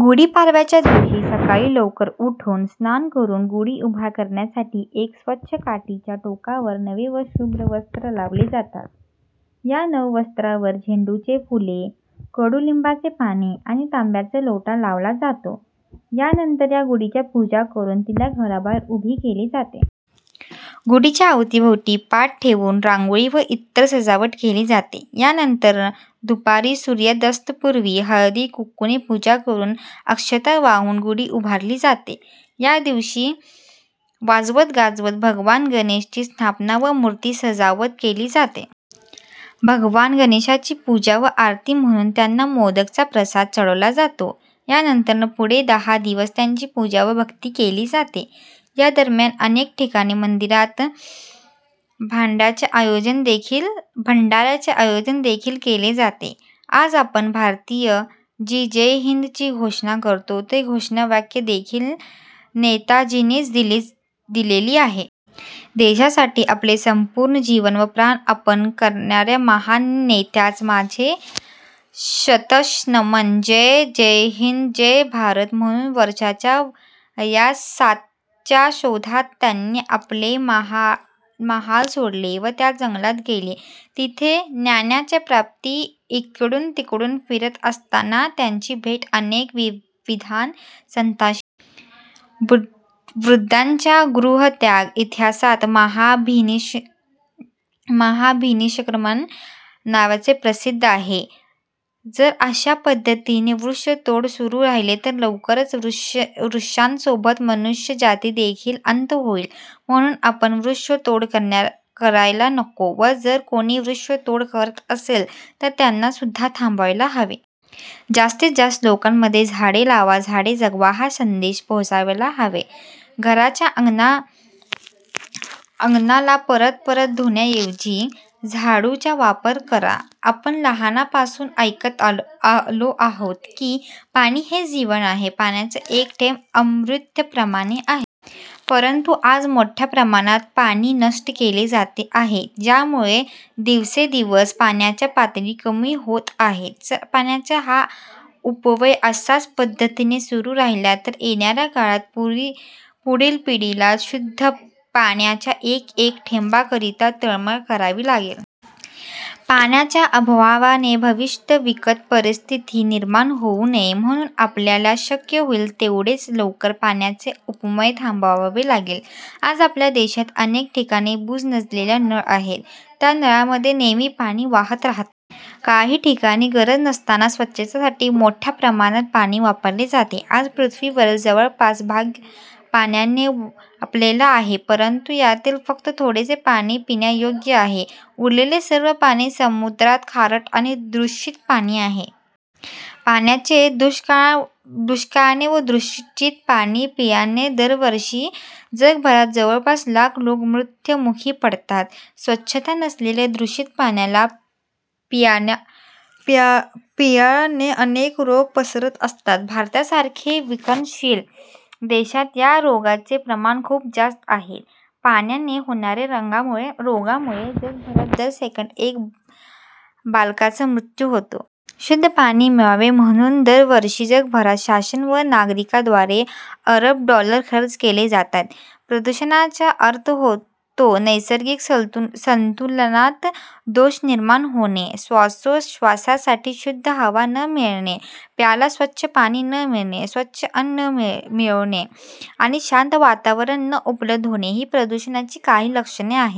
गुढी पाडव्याच्या दिवशी सकाळी लवकर उठून, स्नान करून गुढी उभारण्यासाठी एका स्वच्छ काठीच्या टोकावर नवे व शुभ्र वस्त्र लावले जातात. या नव वस्त्रांवर झेंडूची फुले, कडूलिंबाचे पाने आणि तांब्याचा लोटा लावला जातो. या नंतर या गुढीची पूजा करून तिला घराबाहेर उभे केले जाते. गुढीच्या अवतीभवती पाट ठेवून रांगोळी व इतर सजावट केली जाते. यानंतर दुपारी सूर्यास्तापूर्वी हळद-कुंकू ने पूजा करून अक्षता वाहून गुढी उतरवली जाते. या दिवशी वाजत गाजत भगवान गणेशांची स्थापना व मूर्ती सजावट केली जाते. भगवान गणेशांची पूजा व आरती म्हणून त्यांना मोदक चा प्रसाद चढवला जातो. यानंतर पुढील दहा दिवस त्यांची पूजा व भक्ती केली जाते. यादरम्यान अनेक ठिकाणी मंदिरात भंडाऱ्याचे आयोजन देखील केले जाते. आज आपण भारतीय जी जय हिन्द ची घोषणा करतो, ते घोषवाक्य देखील नेताजींनीच दिलेले आहे. देशासाठी आपले संपूर्ण जीवन व प्राण अर्पण करणाऱ्या महान नेत्यास माझे शतश नमन..! जय हिंद जय भारत. म्हणून वर्षाच्या वयात सत्याच्या शोधात त्यांनी आपले महाल सोडले व ते जंगलात गेले. तेथे ज्ञानाच्या प्राप्ती इकडून तिकडे फिरत असताना त्यांची भेट अनेक विद्वान संतांशी झाली. बुद्धांचा गृहत्याग इतिहासात 'महाभिनिशक्रमन' नावाने प्रसिद्ध आहे. जर अश्याच पद्धतीने वृक्षतोड सुरू राहिली तर लवकरच वृक्षांत सोबत मनुष्यजातीचा देखील अंत होईल. म्हणून आपण वृक्षतोड करायला नको व जर कोणी वृक्षतोड करीत असेल तर त्याला सुद्धा थांबायला हवे. जास्तीत जास्त लोकांमध्ये झाडे लावा झाडे जगवा हा संदेश पोहोचवायला हवा. घराच्या अंगणाला परत परत पाण्याने धुण्याऐवजी झाडू चा वापर करा. आपण लहानपणापासून ऐकत आलो आहोत की, पाणी हेच जीवन आहे. पाण्याचा एक एक थेंब अमृताप्रमाने आहे. परंतु आज मोठ्या प्रमाणात पाणी नष्ट केले जात आहे, ज्यामुळे दिवसेंदिवस पाण्याची पातळी कमी होत आहे. जर पाण्याचा हा अपव्यय अशाच पद्धतीने सुरू राहिला तर येणाऱ्या काळात, पुढील पिढीला शुद्ध पाण्याच्या एक एक थेंबाकरीता तळमळ करावी लागेल. पाण्याचा अभावाने भविष्यात बिकट परिस्थिती निर्माण होऊ नये म्हणून आपल्याला शक्य होईल तेवढ्या लवकर पाण्याचा अपव्यय थांबवावा लागेल. आज आपल्या देशात अनेक ठिकाणी बुच नसलेले नळ आहेत. या नळांमधून नेहमी पाणी वाहत राहते. काही ठिकाणी गरज नसतांना स्वच्छतेसाठी मोठ्या प्रमाणात पाणी वापरले जाते. आज पृथ्वीवरील जवळपास भाग पाण्याने व्यापलेला आहे. परंतु यातील फक्त थोडेच पाणी पिण्यायोग्य आहे. उरलेले सर्व पाणी समुद्राचे खारट आणि दूषित पाणी आहे. पाण्याचे दुष्काळाने व दूषित पाणी प्यायल्याने दरवर्षी जगभरात जवळपास लाख लोक मृत्यू मुखी पडतात. स्वच्छता नसलेल्या दूषित पाण्याला प्यायल्याने अनेक रोग पसरत असतात. भारतासारख्या विकसनशील देशात या रोगांचे प्रमाण खूप जास्त आहे. पाण्याने होणाऱ्या रोगांमुळे जगभरात दर सेकंदात एका बालकाचा मृत्यू होतो. शुद्ध पाणी मिळावे म्हणून दरवर्षी जगभरातील शासन व नगरिकांद्वारे अरब डॉलर खर्च केले जातात. प्रदूषणाचा अर्थ होतो नैसर्गिक संतुलनात दोष निर्माण होणे. श्वासो श्र्वसासाठी शुद्ध हवा न मिळणे, प्यायला स्वच्छ पाणी न मिळणे, स्वच्छ अन्न न मिळणे आणि शांत वातावरण न उपलब्ध होणे ही प्रदूषणाची काही लक्षणे आहेत.